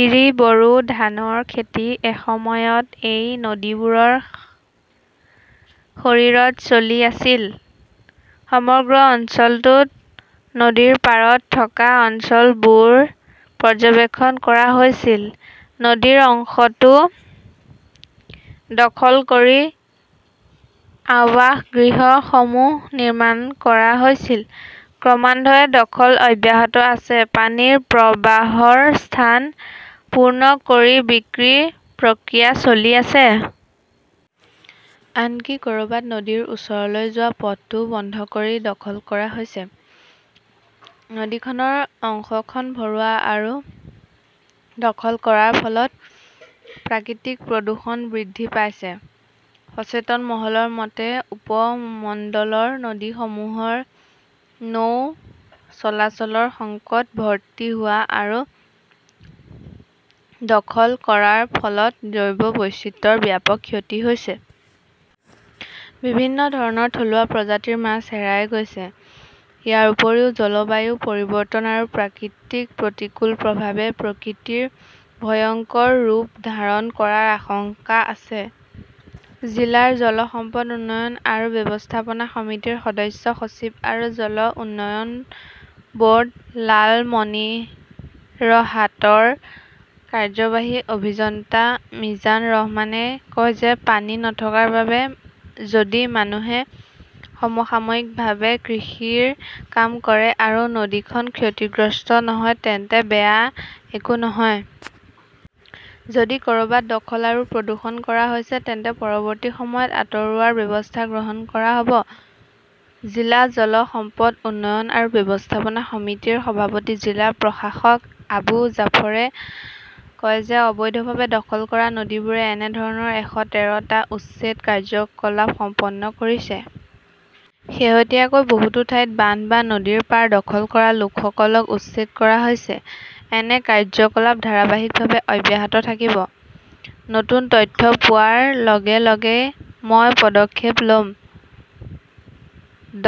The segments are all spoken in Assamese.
ইৰি-বৰো ধানৰ খেতি এসময়ত এই নদীবোৰৰ শৰীৰত চলি আছিল। সমগ্ৰ অঞ্চলটোত নদীৰ পাৰত থকা অঞ্চলবোৰ পৰ্যবেক্ষণ কৰা হৈছিল, নদীৰ অংশটো দখল কৰি আৱাসগৃহসমূহ নিৰ্মাণ কৰা হৈছিল। ক্ৰমান্বয়ে দখল অব্যাহত আছে। পানীৰ প্ৰবাহৰ স্থান পূৰণ কৰি বিক্ৰী প্ৰক্ৰিয়া চলি আছে। আনকি ক'ৰবাত নদীৰ ওচৰলৈ যোৱা পথটোও বন্ধ কৰি দখল কৰা হৈছে। নদীখনৰ অংশখন ভৰোৱা আৰু দখল কৰাৰ ফলত প্ৰাকৃতিক প্ৰদূষণ বৃদ্ধি পাইছে। সচেতন মহলৰ মতে, উপমণ্ডলৰ নদীসমূহৰ নৌ চলাচলৰ সংকট, ভৰ্তি হোৱা আৰু দখল কৰাৰ ফলত জৈৱ বৈচিত্ৰ্যৰ ব্যাপক ক্ষতি হৈছে। বিভিন্ন ধৰণৰ থলুৱা প্ৰজাতিৰ মাছ হেৰাই গৈছে। ইয়াৰ উপৰিও জলবায়ু পৰিৱৰ্তন আৰু প্ৰাকৃতিক প্ৰতিকূল প্ৰভাৱে প্ৰকৃতিৰ ভয়ংকৰ ৰূপ ধাৰণ কৰাৰ আশংকা আছে। জিলাৰ জল সম্পদ উন্নয়ন আৰু ব্যৱস্থাপনা সমিতিৰ সদস্য সচিব আৰু জল উন্নয়ন ব'ৰ্ড লালমনিৰহাটৰ কাৰ্যবাহী অভিযন্তা মিজান ৰহমানে কয় যে পানী নথকাৰ বাবে যদি মানুহে সাময়িকভাৱে কৃষিৰ কাম কৰে আৰু নদীখন ক্ষতিগ্ৰস্ত নহয় তেন্তে বেয়া একো নহয়। যদি ক'ৰবাত দখল আৰু প্ৰদূষণ কৰা হৈছে তেন্তে পৰৱৰ্তী সময়ত আঁতৰোৱাৰ ব্যৱস্থা গ্ৰহণ কৰা হব। জিলা জল সম্পদ উন্নয়ন আৰু ব্যৱস্থাপনা সমিতিৰ সভাপতি জিলা প্ৰশাসক আবু জাফৰে কয় যে অবৈধভাৱে দখল কৰা নদীবোৰে এনে ধৰণৰ "এশ তেৰ টা" উচ্ছেদ কাৰ্যকলাপ সম্পন্ন কৰিছে। শেহতীয়াকৈ বহুতো ঠাইত বান্ধ বা নদীৰ পাৰ দখল কৰা লোকসকলক উচ্ছেদ কৰা হৈছে। এনে কাৰ্যকলাপ ধাৰাবাহিকভাৱে অব্যাহত থাকিব। নতুন তথ্য পোৱাৰ লগে লগে মই পদক্ষেপ লম।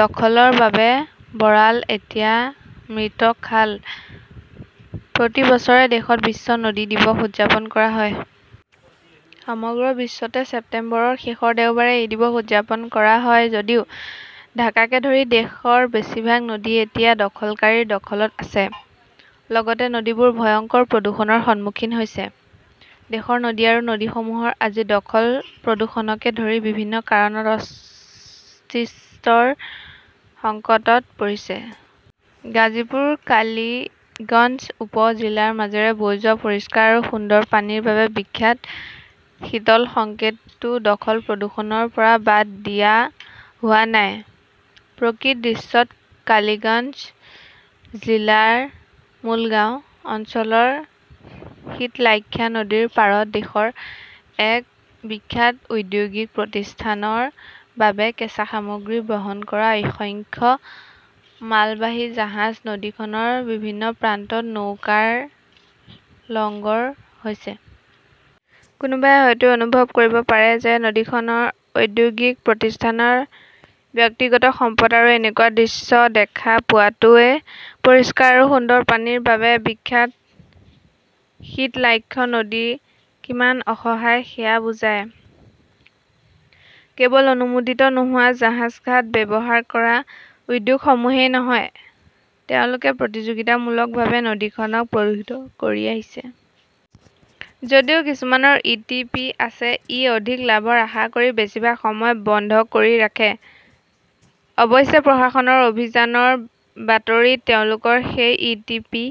দখলৰ বাবে বৰাল এতিয়া মৃত খাল। প্ৰতি বছৰে দেশত বিশ্ব নদী দিৱস উদযাপন কৰা হয়। সমগ্ৰ বিশ্বতে ছেপ্টেম্বৰৰ শেষৰ দেওবাৰে এই দিৱস উদযাপন কৰা হয় যদিও ঢাকাকে ধৰি দেশৰ বেছিভাগ নদী এতিয়া দখলকাৰীৰ দখলত আছে। লগতে নদীবোৰ ভয়ংকৰ প্ৰদূষণৰ সন্মুখীন হৈছে । দেশৰ নদী আৰু নদীসমূহ আজি দখল-প্ৰদূষণকে ধৰি বিভিন্ন কাৰণত অস্তিত্বৰ সংকটত পৰিছে। গাজীপুৰৰ কালিগঞ্জ উপ-জিলাৰ মাজেৰে বৈ যোৱা পৰিষ্কাৰ আৰু সুন্দৰ পানীৰ বাবে বিখ্যাত শীতল সংকেতটো দখল-প্ৰদূষণৰ পৰা বাদ দিয়া হোৱা নাই। প্ৰকৃত দৃশ্যত, কালিগঞ্জ জিলাৰ মূলগাঁও অঞ্চলৰ শীতলাক্ষ্যা নদীৰ পাৰত দেশৰ এক বিখ্যাত ঔদ্যোগিক প্ৰতিষ্ঠানৰ বাবে কেঁচা সামগ্ৰী বহন কৰা অসংখ্য মালবাহী জাহাজ নদীখনৰ বিভিন্ন প্ৰান্তত নৌকাৰ লঙ্গৰ হৈছে। কোনোবাই হয়তো অনুভৱ কৰিব পাৰে যে নদীখন ঔদ্যোগিক প্ৰতিষ্ঠানৰ ব্যক্তিগত সম্পদ আৰু এনেকুৱা দৃশ্য দেখা পোৱাটোৱে পৰিষ্কাৰ আৰু সুন্দৰ পানীৰ বাবে বিখ্যাত শীতলাক্ষ্যা নদী কিমান অসহায় সেয়া বুজাই। কেৱল অনুমোদিত নোহোৱা জাহাজ ঘাট ব্যৱহাৰ কৰা উদ্যোগসমূহেই নহয়, তেওঁলোকে প্ৰতিযোগিতামূলকভাৱে নদীখনক প্ৰদূষিত কৰি আহিছে। যদিও কিছুমানৰ ই. টি. পি. আছে, ই অধিক লাভৰ আশা কৰি বেছিভাগ সময় বন্ধ কৰি ৰাখে। অৱশ্যে, প্ৰশাসনৰ অভিযানৰ বাতৰিত তেওঁলোকৰ সেই ই.টি. পি.